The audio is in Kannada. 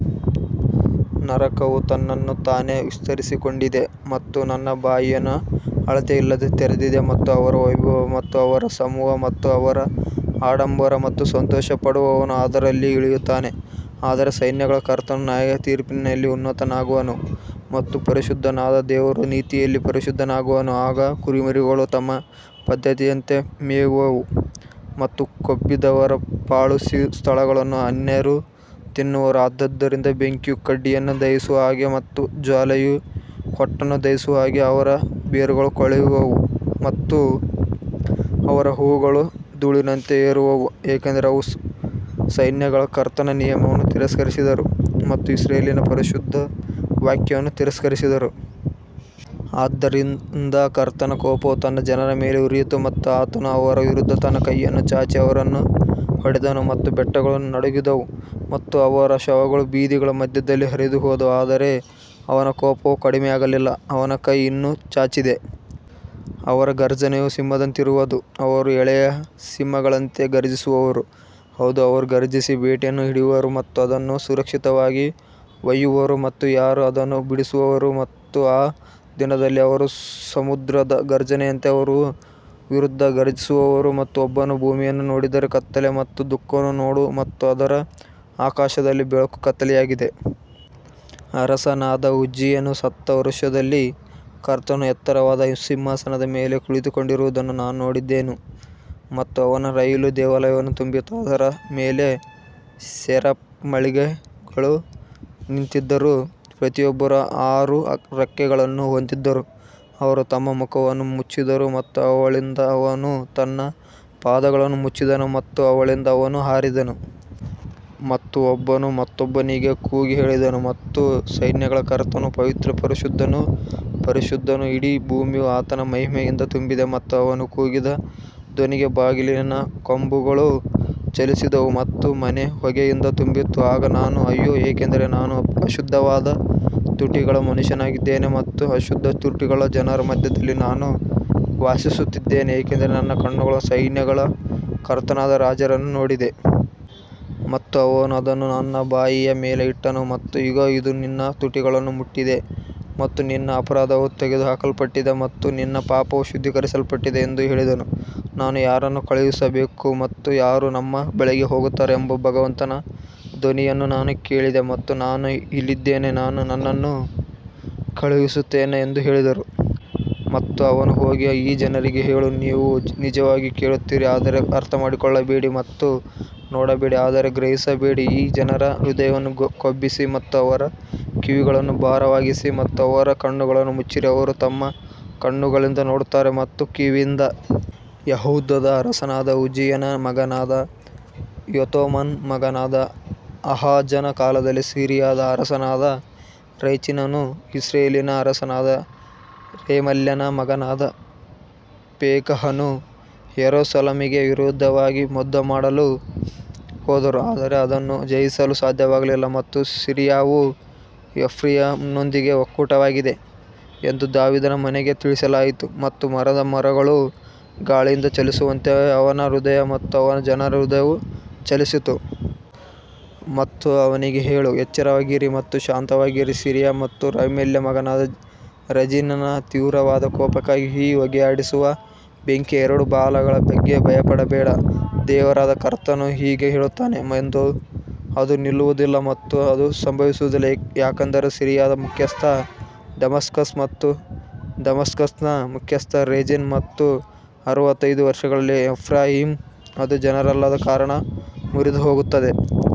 ನರಕವು ತನ್ನನ್ನು ತಾನೇ ವಿಸ್ತರಿಸಿಕೊಂಡಿದೆ ಮತ್ತು ತನ್ನ ಬಾಯಿಯನ್ನು ಅಳತೆಯಿಲ್ಲದೆ ತೆರೆದಿದೆ ಮತ್ತು ಅವರ ವೈಭವ ಮತ್ತು ಅವರ ಸಮೂಹ ಮತ್ತು ಅವರ ಆಡಂಬರ ಮತ್ತು ಸಂತೋಷಪಡುವವನು ಅದರಲ್ಲಿ ಇಳಿಯುತ್ತಾನೆ. ಆದರೆ ಸೈನ್ಯಗಳ ಕರ್ತನು ನ್ಯಾಯತೀರ್ಪಿನಲ್ಲಿ ಉನ್ನತನಾಗುವನು ಮತ್ತು ಪರಿಶುದ್ಧನಾದ ದೇವರು ನೀತಿಯಲ್ಲಿ ಪರಿಶುದ್ಧನಾಗುವನು. ಆಗ ಕುರಿಮರಿಗಳು ತಮ್ಮ ಪದ್ಧತಿಯಂತೆ ಮೇಯುವವು ಮತ್ತು ಕೊಬ್ಬಿದವರ ಪಾಳು ಸ್ಥಳಗಳನ್ನು ಅನ್ಯರು ತಿನ್ನುವರು ಆದದರಿಂದ ಬೆಂಕಿಯು ಕಡ್ಡಿಯನ್ನು ದಹಿಸುವ ಹಾಗೆ ಮತ್ತು ಜ್ವಾಲೆಯು ಹೊಟ್ಟನ್ನು ದಹಿಸುವ ಹಾಗೆ ಅವರ ಬೇರುಗಳು ಕೊಳೆಯುವವು ಮತ್ತು ಅವರ ಹೂವುಗಳು ಧೂಳಿನಂತೆ ಏರುವವು, ಏಕೆಂದರೆ ಅವರು ಸೈನ್ಯಗಳ ಕರ್ತನ ನಿಯಮವನ್ನು ತಿರಸ್ಕರಿಸಿದರು ಮತ್ತು ಇಸ್ರಾಯೇಲಿನ ಪರಿಶುದ್ಧನ ವಾಕ್ಯವನ್ನು ತಿರಸ್ಕರಿಸಿದರು. ಆದದರಿಂದ ಕರ್ತನ ಕೋಪವು ತನ್ನ ಜನರ ಮೇಲೆ ಉರಿಯಿತು ಮತ್ತು ಆತನು ಅವರ ವಿರುದ್ಧ ತನ್ನ ಕೈಯನ್ನು ಚಾಚಿ ಅವರನ್ನು ಹೊಡೆದನು ಮತ್ತು ಬೆಟ್ಟಗಳು ನಡುಗಿದವು ಮತ್ತು ಅವರ ಶವಗಳು ಬೀದಿಗಳ ಮಧ್ಯದಲ್ಲಿ ಹರಿದುಹೋದವು ಆದರೆ ಅವನ ಕೋಪವು ಕಡಿಮೆಯಾಗಲಿಲ್ಲ. ಅವನ ಕೈ ಇನ್ನೂ ಚಾಚಿದೆ ಅವರ ಘರ್ಜನೆಯು ಸಿಂಹದಂತಿರುವದು ಅವರು ಎಳೆಯ ಸಿಂಹಗಳಂತೆ ಗರ್ಜಿಸುವರು ಹೌದು ಅವರು ಘರ್ಜಿಸಿ ಬೇಟೆಯನ್ನು ಹಿಡಿಯುವರು ಮತ್ತು ಅದನ್ನು ಸುರಕ್ಷಿತವಾಗಿ ಒಯ್ಯುವರು ಮತ್ತು ಯಾರೂ ಅದನ್ನು ಬಿಡಿಸುವರು ಮತ್ತು ಆ ದಿನದಲ್ಲಿ ಅವರು ಸಮುದ್ರದ ಘರ್ಜನೆಯಂತೆ ಅವರ ವಿರುದ್ಧ ಘರ್ಜಿಸುವರು ಮತ್ತು ಒಬ್ಬನು ಭೂಮಿಯನ್ನು ನೋಡಿದರೆ ಕತ್ತಲೆ ಮತ್ತು ದುಃಖವನ್ನು ನೋಡು ಮತ್ತು ಅದರ ಆಕಾಶದಲ್ಲಿ ಬೆಳಕು ಕತ್ತಲೆಯಾಗಿದೆ. ಅರಸನಾದ ಉಜ್ಜೀಯನು ಸತ್ತ ವರುಷದಲ್ಲಿ ಕರ್ತನು ಎತ್ತರವಾದ ಸಿಂಹಾಸನದ ಮೇಲೆ ಕುಳಿತುಕೊಂಡಿರುವುದನ್ನು ನಾನು ನೋಡಿದೆನು ಮತ್ತು ಅವನ ರೈಲು ದೇವಾಲಯವನ್ನು ತುಂಬಿತು. ಅದರ ಮೇಲೆ ಸೆರಾಫಿಮ್ಗಳು ನಿಂತಿದ್ದರು, ಪ್ರತಿಯೊಬ್ಬರೂ ಆರು ರೆಕ್ಕೆಗಳನ್ನು ಹೊಂದಿದ್ದರು, ಅವರು ತಮ್ಮ ಮುಖವನ್ನು ಮುಚ್ಚಿದರು ಮತ್ತು ಅವಳಿಂದ ಅವನು ತನ್ನ ಪಾದಗಳನ್ನು ಮುಚ್ಚಿದನು ಮತ್ತು ಅವಳಿಂದ ಅವನು ಹಾರಿದನು. ಮತ್ತು ಒಬ್ಬನು ಮತ್ತೊಬ್ಬನಿಗೆ ಕೂಗಿ ಹೇಳಿದನು ಮತ್ತು ಸೈನ್ಯಗಳ ಕರ್ತನು ಪವಿತ್ರ ಪರಿಶುದ್ಧನು ಪರಿಶುದ್ಧನು, ಇಡೀ ಭೂಮಿಯು ಆತನ ಮಹಿಮೆಯಿಂದ ತುಂಬಿದೆ. ಮತ್ತು ಅವನು ಕೂಗಿದ ಧ್ವನಿಗೆ ಬಾಗಿಲಿನ ಕಂಬಗಳು ಚಲಿಸಿದವು ಮತ್ತು ಮನೆ ಹೊಗೆಯಿಂದ ತುಂಬಿತ್ತು ಆಗ ನಾನು ಅಯ್ಯೋ, ಏಕೆಂದರೆ ನಾನು ಅಶುದ್ಧವಾದ ತುಟಿಗಳ ಮನುಷ್ಯನಾಗಿದ್ದೇನೆ ಮತ್ತು ಅಶುದ್ಧ ತುಟಿಗಳ ಜನರ ಮಧ್ಯದಲ್ಲಿ ನಾನು ವಾಸಿಸುತ್ತಿದ್ದೇನೆ ಏಕೆಂದರೆ ನನ್ನ ಕಣ್ಣುಗಳು ಸೈನ್ಯಗಳ ಕರ್ತನಾದ ರಾಜನನ್ನು ನೋಡಿದೆ. ಮತ್ತು ಅವನು ಅದನ್ನು ನನ್ನ ಬಾಯಿಯ ಮೇಲೆ ಇಟ್ಟನು ಮತ್ತು ಇಗೋ ಇದು ನಿನ್ನ ತುಟಿಗಳನ್ನು ಮುಟ್ಟಿದೆ ಮತ್ತು ನಿನ್ನ ಅಪರಾಧವು ತೆಗೆದುಹಾಕಲ್ಪಟ್ಟಿದೆ ಮತ್ತು ನಿನ್ನ ಪಾಪವು ಶುದ್ಧೀಕರಿಸಲ್ಪಟ್ಟಿದೆ ಎಂದು ಹೇಳಿದನು. ನಾನು ಯಾರನ್ನು ಕಳುಹಿಸಬೇಕು ಮತ್ತು ಯಾರು ನಮ್ಮ ಬಳಿಗೆ ಹೋಗುತ್ತಾರೆ ಎಂಬ ಭಗವಂತನ ಧ್ವನಿಯನ್ನು ನಾನು ಕೇಳಿದೆ ಮತ್ತು ನಾನು ಇಲ್ಲಿದ್ದೇನೆ ನಾನು ನನ್ನನ್ನು ಕಳುಹಿಸುತ್ತೇನೆ ಎಂದು ಹೇಳಿದರು. ಮತ್ತು ಅವನು ಹೋಗಿ ಈ ಜನರಿಗೆ ಹೇಳು ನೀವು ನಿಜವಾಗಿ ಕೇಳುತ್ತೀರಿ ಆದರೆ ಅರ್ಥಮಾಡಿಕೊಳ್ಳಬೇಡಿ ಮತ್ತು ನೋಡಬೇಡಿ ಆದರೆ ಗ್ರಹಿಸಬೇಡಿ ಈ ಜನರ ಹೃದಯವನ್ನು ಕೊಬ್ಬಿಸಿ ಮತ್ತು ಅವರ ಕಿವಿಗಳನ್ನು ಭಾರವಾಗಿಸಿ ಮತ್ತು ಅವರ ಕಣ್ಣುಗಳನ್ನು ಮುಚ್ಚಿರಿ ಅವರು ತಮ್ಮ ಕಣ್ಣುಗಳಿಂದ ನೋಡುತ್ತಾರೆ ಮತ್ತು ಕಿವಿಯಿಂದ ಯೆಹೂದದ ಅರಸನಾದ ಉಜ್ಜೀಯನ ಮಗನಾದ ಯೋತಾಮನ ಮಗನಾದ ಆಹಾಜನ ಕಾಲದಲ್ಲಿ ಸಿರಿಯಾದ ಅರಸನಾದ ರೆಚೀನನೂ ಇಸ್ರಾಯೇಲಿನ ಅರಸನಾದ ರೆಮಲ್ಯನ ಮಗನಾದ ಪೆಕಹನೂ ಯೆರೂಸಲೇಮಿಗೆ ವಿರೋಧವಾಗಿ ಯುದ್ಧಮಾಡಲು ಹೋದರು ಆದರೆ ಅದನ್ನು ಜಯಿಸಲು ಸಾಧ್ಯವಾಗಲಿಲ್ಲ. ಮತ್ತು ಸಿರಿಯಾವು ಎಫ್ರಾಯೀಮ್ನೊಂದಿಗೆ ಒಕ್ಕೂಟವಾಗಿದೆ ಎಂದು ದಾವೀದನ ಮನೆಗೆ ತಿಳಿಸಲಾಯಿತು ಮತ್ತು ಮರದ ಮರಗಳು ಗಾಳಿಯಿಂದ ಚಲಿಸುವಂತೆ ಅವನ ಹೃದಯ ಮತ್ತು ಅವನ ಜನರ ಹೃದಯವು ಚಲಿಸಿತು. ಮತ್ತು ಅವನಿಗೆ ಹೇಳು, ಎಚ್ಚರವಾಗಿರಿ ಮತ್ತು ಶಾಂತವಾಗಿರು, ಸಿರಿಯಾ ಮತ್ತು ರೆಮಲ್ಯನ ಮಗನಾದ ರೆಜೀನನ ತೀವ್ರವಾದ ಕೋಪಕ್ಕಾಗಿ ಈ ಹೊಗೆಯಾಡಿಸುವ ಬೆಂಕಿಯ ಎರಡು ಬಾಲಗಳ ಬಗ್ಗೆ ಭಯಪಡಬೇಡ. ದೇವರಾದ ಕರ್ತನು ಹೀಗೆ ಹೇಳುತ್ತಾನೆ ಅದು ನಿಲ್ಲುವುದಿಲ್ಲ ಮತ್ತು ಅದು ಸಂಭವಿಸುವುದಿಲ್ಲ ಯಾಕಂದರೆ ಸಿರಿಯಾದ ಮುಖ್ಯಸ್ಥ ದಮಾಸ್ಕಸ್ ಮತ್ತು ಡಮಾಸ್ಕಸ್ನ ಮುಖ್ಯಸ್ಥ ರೆಜಿನ್ ಮತ್ತು ಅರವತ್ತೈದು ವರ್ಷಗಳಲ್ಲಿ ಎಫ್ರಾಯೀಮ್ ಅದು ಜನರಲ್ಲದ ಕಾರಣ ಮುರಿದುಹೋಗುತ್ತದೆ.